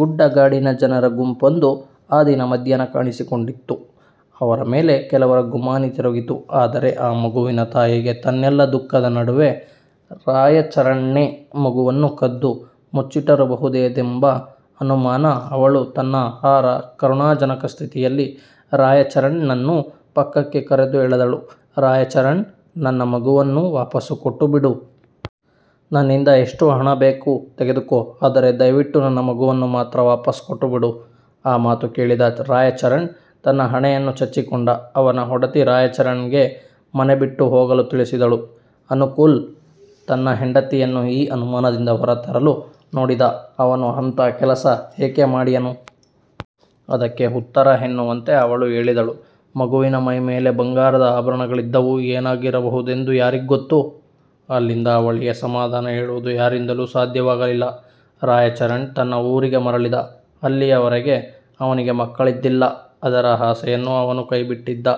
ಗುಡ್ಡ ಗಾಡಿನ ಜನರ ಗುಂಪೊಂದು ಆ ದಿನ ಮಧ್ಯಾಹ್ನ ಕಾಣಿಸಿಕೊಂಡಿತ್ತು. ಅವರ ಮೇಲೆ ಕೆಲವರ ಗುಮಾನಿ ತಿರುಗಿತು. ಆದರೆ ಆ ಮಗುವಿನ ತಾಯಿಗೆ ತನ್ನೆಲ್ಲ ದುಃಖದ ನಡುವೆ, ರಾಯಚರಣ್ನೇ ಮಗುವನ್ನು ಕದ್ದು ಮುಚ್ಚಿಟ್ಟಿರಬಹುದೆಂಬ ಅನುಮಾನ. ಅವಳು ತನ್ನ ಆ ಕರುಣಾಜನಕ ಸ್ಥಿತಿಯಲ್ಲಿ, ರಾಯಚರಣ್ ನನ್ನು ಪಕ್ಕಕ್ಕೆ ಕರೆದು ಹೇಳಿದಳು "ರಾಯಚರಣ್, ನನ್ನ ಮಗುವನ್ನು ವಾಪಸ್ಸು ಕೊಟ್ಟುಬಿಡು. ನನ್ನಿಂದ ಎಷ್ಟು ಹಣ ಬೇಕು ತೆಗೆದುಕೊ. ಆದರೆ ದಯವಿಟ್ಟು ನನ್ನ ಮಗುವನ್ನು ಮಾತ್ರ ವಾಪಸ್ಸು ಕೊಟ್ಟುಬಿಡು" ಆ ಮಾತು ಕೇಳಿದ ರಾಯಚರಣ್ ತನ್ನ ಹಣೆಯನ್ನು ಚಚ್ಚಿಕೊಂಡ. ಅವನ ಒಡತಿ ರಾಯಚರಣ್ ಗೆ ಮನೆ ಬಿಟ್ಟು ಹೋಗಲು ತಿಳಿಸಿದಳು. ಅನುಕೂಲ್ ತನ್ನ ಹೆಂಡತಿಯನ್ನು ಈ ಅನುಮಾನದಿಂದ ಹೊರ ತರಲು ನೋಡಿದ "ಅವನು ಅಂಥ ಕೆಲಸ ಏಕೆ ಮಾಡಿಯಾನು? " ಅದಕ್ಕೆ ಉತ್ತರ ಎನ್ನುವಂತೆ ಅವಳು ಹೇಳಿದಳು "ಮಗುವಿನ ಮೈ ಮೇಲೆ ಬಂಗಾರದ ಆಭರಣಗಳಿದ್ದವು. ಏನಾಗಿರಬಹುದೆಂದು ಯಾರಿಗ್ಗೊತ್ತು? " ಅಲ್ಲಿಂದ ಅವಳಿಗೆ ಸಮಾಧಾನ ಹೇಳುವುದು ಯಾರಿಂದಲೂ ಸಾಧ್ಯವಾಗಲಿಲ್ಲ. ರಾಯಚರಣ್ ತನ್ನ ಊರಿಗೆ ಮರಳಿದ. ಅಲ್ಲಿಯವರೆಗೆ ಅವನಿಗೆ ಮಕ್ಕಳಿದ್ದಿಲ್ಲ ಅದರ ಆಸೆಯನ್ನೂ ಅವನು ಕೈ ಬಿಟ್ಟಿದ್ದ.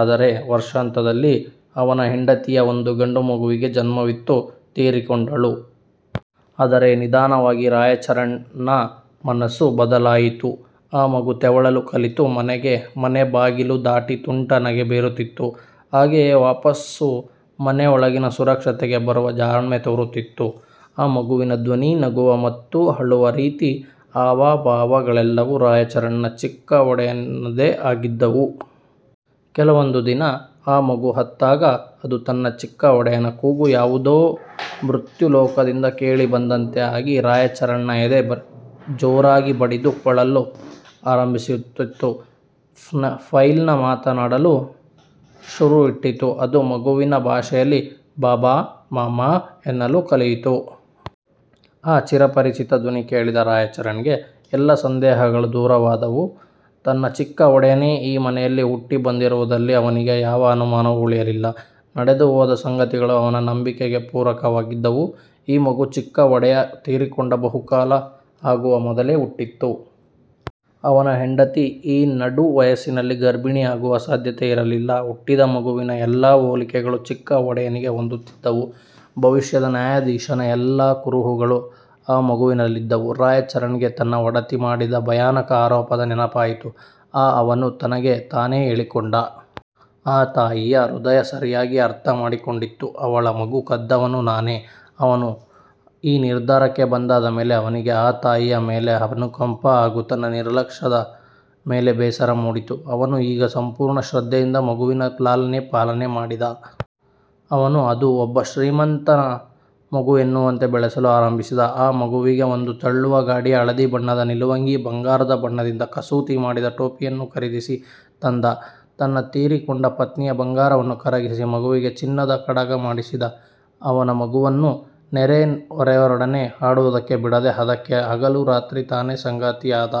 ಆದರೆ ಆ ವರ್ಷಾಂತ್ಯದಲ್ಲಿ, ಅವನ ಹೆಂಡತಿಯು ಒಂದು ಗಂಡು ಮಗುವಿಗೆ ಜನ್ಮವಿತ್ತು ತೀರಿಕೊಂಡಳು. ಆದರೆ ನಿಧಾನವಾಗಿ ರಾಯಚರಣ್ ನ ಮನಸ್ಸು ಬದಲಾಯಿತು. ಆ ಮಗು ತೆವಳಲು ಕಲಿತು, ಮನೆ ಬಾಗಿಲು ದಾಟಿ ತುಂಟ ನಗೆ ಬೀರುತ್ತಿತ್ತು. ಹಾಗೆಯೇ ವಾಪಸ್ಸು ಮನೆ ಒಳಗಿನ ಸುರಕ್ಷತೆಗೆ ಬರುವ ಜಾಣ್ಮೆತೋರುತ್ತಿತ್ತು. ಆ ಮಗುವಿನ ಧ್ವನಿ, ನಗುವ ಮತ್ತು ಅಳುವ ರೀತಿ, ಹಾವ, ಭಾವ ಗಳೆಲ್ಲವೂ ರಾಯಚರಣ್ ನ ಚಿಕ್ಕ ಒಡೆಯನದೇ ಆಗಿದ್ದವು. ಕೆಲವೊಂದು ದಿನ ಅ ಮಗು ಅತ್ತಾಗ, ಅದು ತನ್ನ ಚಿಕ್ಕ ಒಡೆಯನ ಕೂಗು ಯಾವುದೊ ಮೃತ್ಯು-ಲೋಕದಿಂದ ಕೇಳಿ ಬಂದಂತೆ ಆಗಿ, ರಾಯಚರಣ್ ನ ಎದೆ ಜೋರಾಗಿ ಬಡಿದು ಕೊಳ್ಳಲು ಆರಂಭಿಸುತ್ತಿತ್ತು. ಫೈಲ್ನ ಮಾತನಾಡಲು ಶುರು ಇಟ್ಟಿತು. ಅದು ಮಗುವಿನ ಭಾಷೆಯಲ್ಲಿ "ಬಾಬಾ", "ಮಾಮಾ" ಎನ್ನಲು ಕಲಿಯಿತು. ಆ ಚಿರ ಪರಿಚಿತ ಧ್ವನಿ ಕೇಳಿದ ರಾಯಚರಣ್ ಗೆ ಎಲ್ಲ ಸಂದೇಹಗಳು ದೂರಾದವು. ತನ್ನ ಚಿಕ್ಕ ಒಡೆಯನೇ ಈ ಮನೆಯಲ್ಲಿ ಹುಟ್ಟಿ ಬಂದಿರುವದರಲ್ಲಿ ಅವನಿಗೆ ಯಾವ ಅನುಮಾನವೂ ಉಳಿಯಲಿಲ್ಲ. ನಡೆದು ಹೋದ ಸಂಗತಿಗಳು ಅವನ ನಂಬಿಕೆಗೆ ಪೂರಕವಾಗಿದ್ದವು. ಈ ಮಗು ಚಿಕ್ಕ ಒಡೆಯ ತೀರಿಕೊಂಡ ಬಹು ಕಾಲ ಆಗುವ ಮೊದಲೇ ಹುಟ್ಟಿತ್ತು. ಅವನ ಹೆಂಡತಿ ಆ ನಡು ವಯಸ್ಸಿನಲ್ಲಿ ಗರ್ಭಿಣಿ ಆಗುವ ಸಾಧ್ಯತೆ ಇರಲಿಲ್ಲ. ಹುಟ್ಟಿದ ಮಗುವಿನ ಎಲ್ಲ ಹೋಲಿಕೆಗಳು ಚಿಕ್ಕ ಒಡೆಯನಿಗೆ ಹೊಂದುತ್ತಿದ್ದವು. ಭವಿಷ್ಯದ ನ್ಯಾಯಾಧೀಶನ ಎಲ್ಲ ಕುರುಹುಗಳು ಆ ಮಗುವಿನಲ್ಲಿದ್ದವು. ರಾಯಚರಣ್ ಗೆ ತನ್ನ ಒಡತಿ ಮಾಡಿದ ಭಯಾನಕ ಆರೋಪದ ನೆನಪಾಯಿತು. "ಆ" ಅವನು ತನಗೆ ತಾನೇ ಹೇಳಿಕೊಂಡ. "ಆ ತಾಯಿಯ ಹೃದಯ ಸರಿಯಾಗಿ ಅರ್ಥ ಮಾಡಿ ಕೊಂಡಿತ್ತು. ಅವಳ ಮಗು ಕದ್ದವನು ನಾನೇ". ಅವನು ಈ ನಿರ್ಧಾರಕ್ಕೆ ಬಂದಾದ ಮೇಲೆ, ಅವನಿಗೆ ಆ ತಾಯಿಯ ಮೇಲೆ ಅನುಕಂಪ ಹಾಗೂ ತನ್ನ ನಿರ್ಲಕ್ಷದ ಮೇಲೆ ಬೇಸರ ಮೂಡಿತು. ಅವನು ಈಗ ಸಂಪೂರ್ಣ ಶೃದ್ಧೆಯಿಂದ ಮಗುವಿನ ಲಾಲನೆ, ಪಾಲನೆ ಮಾಡಿದ. ಅವನು ಅದು ಒಬ್ಬ ಶ್ರೀಮಂತನ ಮಗು ಎನ್ನುವಂತೆ ಬೆಳೆಸಲು ಆರಂಭಿಸಿದ. ಆ ಮಗುವಿಗೆ ಒಂದು ತಳ್ಳುವ ಗಾಡಿ, ಹಳದಿ ಬಣ್ಣದ ನಿಲುವಂಗಿ, ಬಂಗಾರದ ಬಣ್ಣದಿಂದ ಕಸೂತಿ ಮಾಡಿದ ಟೋಪಿಯನ್ನು ಖರೀದಿಸಿ ತಂದ. ತನ್ನ ತೀರಿಕೊಂಡ ಪತ್ನಿಯ ಬಂಗಾರವನ್ನು ಕರಗಿಸಿ, ಮಗುವಿಗೆ ಚಿನ್ನದ ಕಡಗ ಮಾಡಿಸಿದ. ಅವನು ಮಗುವನ್ನು ನೆರೆ, ಹೊರೆಯವರೊಡನೆ ಆಡುವದಕ್ಕೆ ಬಿಡದೇ, ಅದಕ್ಕೆ ಹಗಲು, ರಾತ್ರಿ ತಾನೇ ಸಂಗಾತಿಯಾದ.